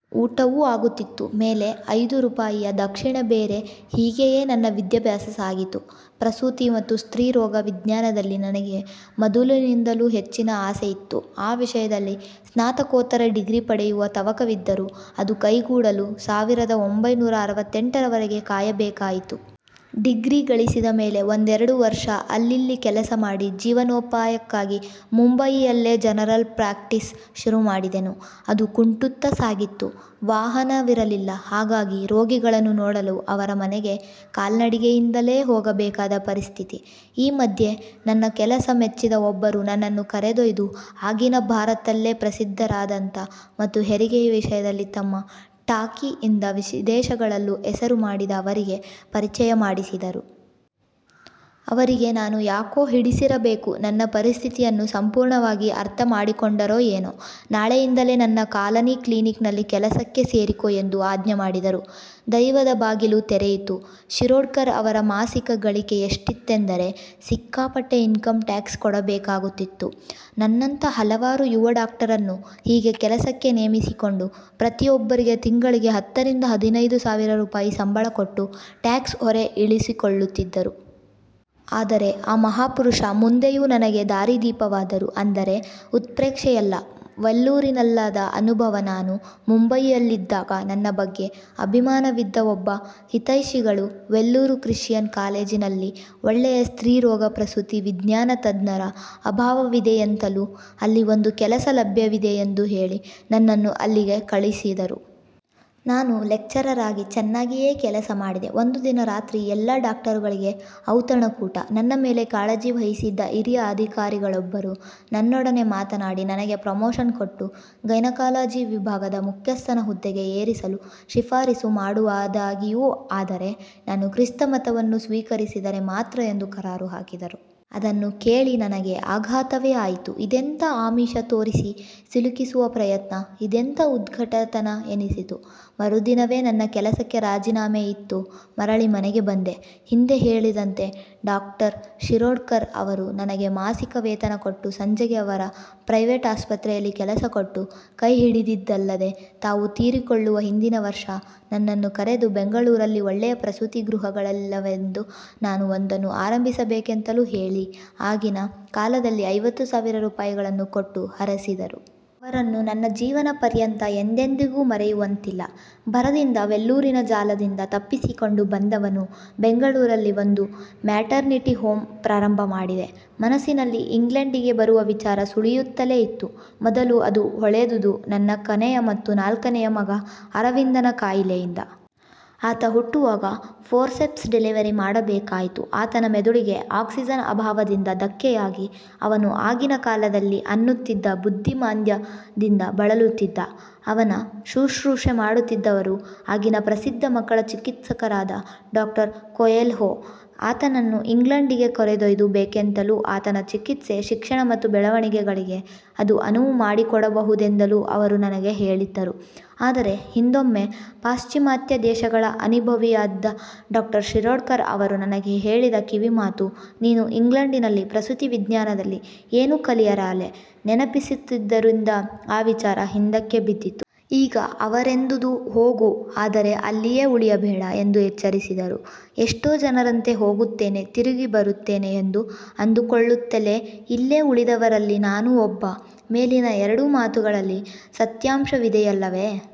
ಊಟವೂ ಆಗುತ್ತಿತ್ತು. ಮೇಲೆ ಐದು ರೂಪಾಯಿಯ ದಕ್ಷಿಣೆ ಬೇರೆ ಹೀಗೆಯೇ ನನ್ನ ವಿದ್ಯಾಭ್ಯಾಸ ಸಾಗಿತು. ಪ್ರಸೂತಿ ಮತ್ತು ಸ್ತ್ರೀರೋಗ ವಿಜ್ಞಾನದಲ್ಲಿ ನನಗೆ ಮೊದಲಿನಿಂದಲೂ ಹೆಚ್ಚಿನ ಆಸ್ಥೆ ಇತ್ತು. ಆ ವಿಷಯದಲ್ಲಿ ಸ್ನಾತಕೋತ್ತರ ಡಿಗ್ರಿ ಪಡೆಯುವ ತವಕವಿದ್ದರೂ ಅದು ಕೈಗೂಡಲು ಸಾವಿರದ ಒಂಭೈನೂರ ಅರವತ್ತೆಂಟರ ವರೆಗೆ ಕಾಯಬೇಕಾಯಿತು. ಡಿಗ್ರಿ ಗಳಿಸಿದ ಮೇಲೆ ಒಂದೆರಡು ವರ್ಷ ಅಲ್ಲಿಲ್ಲಿ ಕೆಲಸ ಮಾಡಿ ಜೀವನೋಪಾಯಕ್ಕಾಗಿ ಮುಂಬಯಿಯಲ್ಲೇ ಜನರಲ್ ಪ್ರಾಕ್ಟಿಸ್ ಶುರುಮಾಡಿದೆನು. ಅದು ಕುಂಟುತ್ತ ಸಾಗಿತ್ತು. ವಾಹನವಿರಲಿಲ್ಲ. ಹಾಗಾಗಿ ರೋಗಿಗಳನ್ನು ನೋಡಲು ಅವರ ಮನೆಗೆ ಕಾಲ್ನಡಿಗೆಯಿಂದಲೇ ಹೋಗಬೇಕಾದ ಪರಿಸ್ಠಿತಿ. ಈ ಮಧ್ಯೆ ನನ್ನ ಕೆಲಸ ಮೆಚ್ಚಿದ ಒಬ್ಬರು ನನ್ನನ್ನು ಕರೆದೊಯ್ದು ಆಗಿನ ಭಾರತಲ್ಲೇ ಪ್ರಸಿದ್ಧರಾದಂಥ ಮತ್ತು ಹೆರಿಗೆಯ ವಿಷಯದಲ್ಲಿ ತಮ್ಮ 'ಟಾಕಿ' ಯಿಂದ ವಿದೇಶಗಳಲ್ಲೂ ಹೆಸರು ಮಾಡಿದ ಅವರಿಗೆ ಪರಿಚಯ ಮಾಡಿಸಿದರು. ಅವರಿಗೆ ನಾನು ಯಾಕೋ ಹಿಡಿಸಿರಬೇಕು. ನನ್ನ ಪರಿಸ್ಥಿತಿಯನ್ನು ಸಂಪೂರ್ಣವಾಗಿ ಅರ್ಥ ಮಾಡಿಕೊಂಡರೋ ಏನೋ, 'ನಾಳೆಯಿಂದಲೇ ನನ್ನ "ಕಾಲನಿ ಕ್ಲಿನಿಕ್'' ನಲ್ಲಿ ಕೆಲಸಕ್ಕೆ ಸೇರಿಕೋ' ಎಂದು ಆಜ್ಞೆ ಮಾಡಿದರು. ದೈವದ ಬಾಗಿಲು ತೆರೆಯಿತು. ಶಿರೋಡ್ಕರ್ ಅವರ ಮಾಸಿಕ ಗಳಿಕೆ ಎಷ್ಟಿತ್ತೆಂದರೆ ಸಿಕ್ಕಾಪಟ್ಟೆ ಇನ್ಕಂ ಟ್ಯಾಕ್ಸ್ ಕೊಡಬೇಕಾಗುತ್ತು. ನನ್ನಂಥ ಹಲವಾರು ಯುವ ಡಾಕ್ಟರನ್ನು ಹೀಗೆ ಕೆಲಸಕ್ಕೆ ನೇಮಿಸಿಕೊಂಡು ಪ್ರತಿಯೊಬ್ಬರಿಗೆ ತಿಂಗಳಿಗೆ ಹತ್ತರಿಂದ ಹದಿನೈದು ಸಾವಿರ ರೂಪಾಯಿ ಸಂಬಳ ಕೊಟ್ಟು ಟ್ಯಾಕ್ಸ್ ಹೊರೆ ಇಳಿಸಿಕೊಳ್ಳುತ್ತಿದ್ದರು. ಆದರೆ ಆ ಮಹಾ ಪುರುಷ ಮುಂದೆಯೂ ನನಗೆ ದಾರಿದೀಪವಾದರು ಅಂದರೆ ಉತ್ಪ್ರೇಕ್ಷೆಯಲ್ಲ. ವೆಲ್ಲೂರಿನಲ್ಲಾದ ಅನುಭವ ನಾನು ಮುಂಬಯಿಯಲ್ಲಿದ್ದಾಗ ನನ್ನ ಬಗ್ಗೆ ಅಭಿಮಾನವಿದ್ದ ಒಬ್ಬ ಹಿತೈಷಿಗಳು ವೆಲ್ಲೂರ್ ಕ್ರಿಶ್ಚಯನ್ ಕಾಲೇಜಿನಲ್ಲಿ ನಲ್ಲಿ ಒಳ್ಳೆಯ ಸ್ತ್ರೀ ರೋಗ-ಪ್ರಸೂತಿ ವಿಜ್ಞಾನ ತಜ್ಞರ ಅಭಾವವಿದೆಯೆಂತಲೂ, ಅಲ್ಲಿ ಒಂದು ಕೆಲಸ ಲಭ್ಯವಿದೆ ಎಂದು ಹೇಳಿ ನನ್ನನ್ನು ಅಲ್ಲಿಗೆ ಕಳಿಸಿದರು. ನಾನು ಲೆಕ್ಚರರಾಗಿ ಚೆನ್ನಾಗಿಯೇ ಕೆಲಸ ಮಾಡಿದೆ. ಒಂದು ದಿನ ರಾತ್ರಿ ಎಲ್ಲ ಡಾಕ್ಟರುಗಳಿಗೆ ಔತಣಕೂಟ. ನನ್ನ ಮೇಲೆ ಕಾಳಜಿ ವಹಿಸಿದ್ದ ಹಿರಿಯ ಅಧಿಕಾರಿಗಳೊಬ್ಬರು ನನ್ನೊಡನೆ ಮಾತನಾಡಿ, ನನಗೆ ಪ್ರಮೋಷನ್ ಕೊಟ್ಟು ಗೈನಕಾಲಜಿ ವಿಭಾಗದ ಮುಖ್ಯಸ್ಥನ ಹುದ್ದೆಗೆ ಏರಿಸಲು ಶಿಫಾರಿಸು ಮಾಡುವದಾಗಿಯೂ ಆದರೆ ನಾನು ಕ್ರಿಸ್ತ ಮತವನ್ನು ಸ್ವೀಕರಿಸಿದರೆ ಮಾತ್ರ ಎಂದು ಕರಾರು ಹಾಕಿದರು. ಅದನ್ನು ಕೇಳಿ ನನಗೆ ಆಘಾತವೇ ಆಯಿತು. ಇದೆಂಥ ಆಮಿಷ ತೋರಿಸಿ ಸಿಲುಕಿಸುವ ಪ್ರಯತ್ನ, ಇದೆಂಥ ಉದ್ಧಟತನ ಎನಿಸಿತು, ಮರುದಿನವೇ ನನ್ನ ಕೆಲಸಕ್ಕೆರಾಜಿನಾಮೆಯಿತ್ತು ಮರಳಿ ಮನೆಗೆ ಬಂದೆ. ಹಿಂದೆ ಹೇಳಿದಂತೆ ಡಾ ಶಿರೋಡ್ ಕರ್ ಅವರು ನನಗೆ ಮಾಸಿಕ ವೇತನ ಕೊಟ್ಟು ಸಂಜೆಗೆ ಅವರ ಪ್ರೈವೇಟ್ ಆಸ್ಪತ್ರೆಯಲ್ಲಿ ಕೆಲಸ ಕೊಟ್ಟು ಕೈ ಹಿಡಿದಿದ್ದಲ್ಲದೆ, ತಾವು ತೀರಿಕೊಳ್ಳುವ ಹಿಂದಿನ ವರ್ಷ ನನ್ನನ್ನು ಕರೆದು ಬೆಂಗಳೂರಲ್ಲಿ ಒಳ್ಳೆಯ ಪ್ರಸೂತಿ ಗೃಹಗಳಿಲ್ಲವೆಂದೂ ನಾನು ಒಂದನ್ನು ಆರಂಭಿಸಬೇಕೆಂತಲೂ ಹೇಳಿ ಆಗಿನ ಕಾಲದಲ್ಲಿ ಐವತ್ತು ಸಾವಿರ ರೂಪಾಯಗಳನ್ನೂ ಕೊಟ್ಟು ಹರಸಿದರು. ಅವರನ್ನು ನನ್ನ ಜೀವನ ಪರ್ಯಂತ ಎಂದೆಂದಿಗೂ ಮರೆಯುವಂತಿಲ್ಲ. ಭರದಿಂದ ವೆಲ್ಲೂರಿನ ಜಾಲದಿಂದ ತಪ್ಪಿಸಿಕೊಂಡು ಬಂದವನು ಬೆಂಗಳೂರಲ್ಲಿ ಒಂದು ಮ್ಯಾಟರ್ನಿಟಿ ಹೋಮ್ ಪ್ರಾರಂಭ ಮಾಡಿದೆ. ಮನಸ್ಸಿನಲ್ಲಿ ಇಂಗ್ಲಂಡಿಗೆ ಬರುವ ವಿಚಾರ ಸುಳಿಯುತ್ತಲೇ ಇತ್ತು. ಮೊದಲು ಅದು ಹೊಳೆದುದು ನನ್ನ ಕೊನೆಯ ಮತ್ತು ನಾಲ್ಕನೆಯ ಮಗ ಅರವಿಂದನ ಕಾಯಿಲೆಯಿಂದ. ಆತ ಹುಟ್ಟುವಾಗ ಫೋರ್ಸೆಪ್ಸ್ ಡೆಲಿವರಿ ಮಾಡಬೇಕಾಯಿತು. ಆತನ ಮೆದುಳಿಗೆ ಆಕ್ಸಿಜನ್ ಅಭಾವದಿಂದ ಧಕ್ಕೆಯಾಗಿ ಅವನು ಆಗಿನ ಕಾಲದಲ್ಲಿ ಅನ್ನುತ್ತಿದ್ದ 'ಬುದ್ಧಿಮಾಂದ್ಯ'ದಿಂದ ಬಳಲುತ್ತಿದ್ದ. ಅವನ ಶುಶ್ರೂಷೆ ಮಾಡುತ್ತಿದ್ದವರು ಆಗಿನ ಪ್ರಸಿದ್ಧ ಮಕ್ಕಳ ಚಿಕಿತ್ಸಕರಾದ ಡಾ ಕೋಯೆಲ್ಹೋ. ಆತನನ್ನು ಇಂಗ್ಲಂಡಿಗೆ ಕರೆದೊಯ್ದು ಬೆಕೆಂತಲೂ ಆತನ ಚಿಕಿತ್ಸೆ, ಶಿಕ್ಷಣ ಮತ್ತು ಬೆಳವಣಿಗೆಗಳಿಗೆ ಅದು ಅನುವು ಮಾಡಿಕೊಡಬಹುದೆಂದಲೂ ಅವರು ನನಗೆ ಹೇಳಿದ್ದರು, ಆದರೆ ಹಿಂದೊಮ್ಮೆ ಪಾಶ್ಚಿಮಾತ್ಯ ದೇಶಗಳ ಅನಿಭವವಿದ್ದ ಡಾ ಶಿರೋಡ್ಕರ್ ಅವರು ನನಗೆ ಹೇಳಿದ ಕಿವಿಮಾತು "ನೀನು ಇಂಗ್ಲಂಡಿನಲ್ಲಿ ಪ್ರಸೂತಿ ವಿಜ್ಞಾನದಲ್ಲಿ ಏನೂ ಕಲಿಯಲಾರೆ" ನೆನಪಿಸುತ್ತಿದ್ದರಿಂದ ಆ ವಿಚಾರ ಹಿಂದಕ್ಕೆಬಿದ್ದಿತ್ತು. ಈಗ ಅವರೆಂದುದು ಹೋಗು, ಆದರೆ ಅಲ್ಲಿಯೇ ಉಳಿಯಬೇಡ ಎಂದು ಎಚ್ಚರಿಸಿದರು. ಎಷ್ಟೋ ಜನರಂತೆ ಹೋಗುತ್ತೇನೆ ತಿರುಗಿ ಬರುತ್ತೇನೆ ಎಂದು ಅಂದು ಕೊಳ್ಳುತ್ತಲೇ ಇಲ್ಲೆ ಉಳಿದವರಲ್ಲಿ ನಾನೂ ಒಬ್ಬ. ಮೇಲಿನ ಎರಡೂ ಮಾತುಗಳಲ್ಲಿ ಸತ್ಯಾಂಶವಿದೆಯಲ್ಲವೆ?.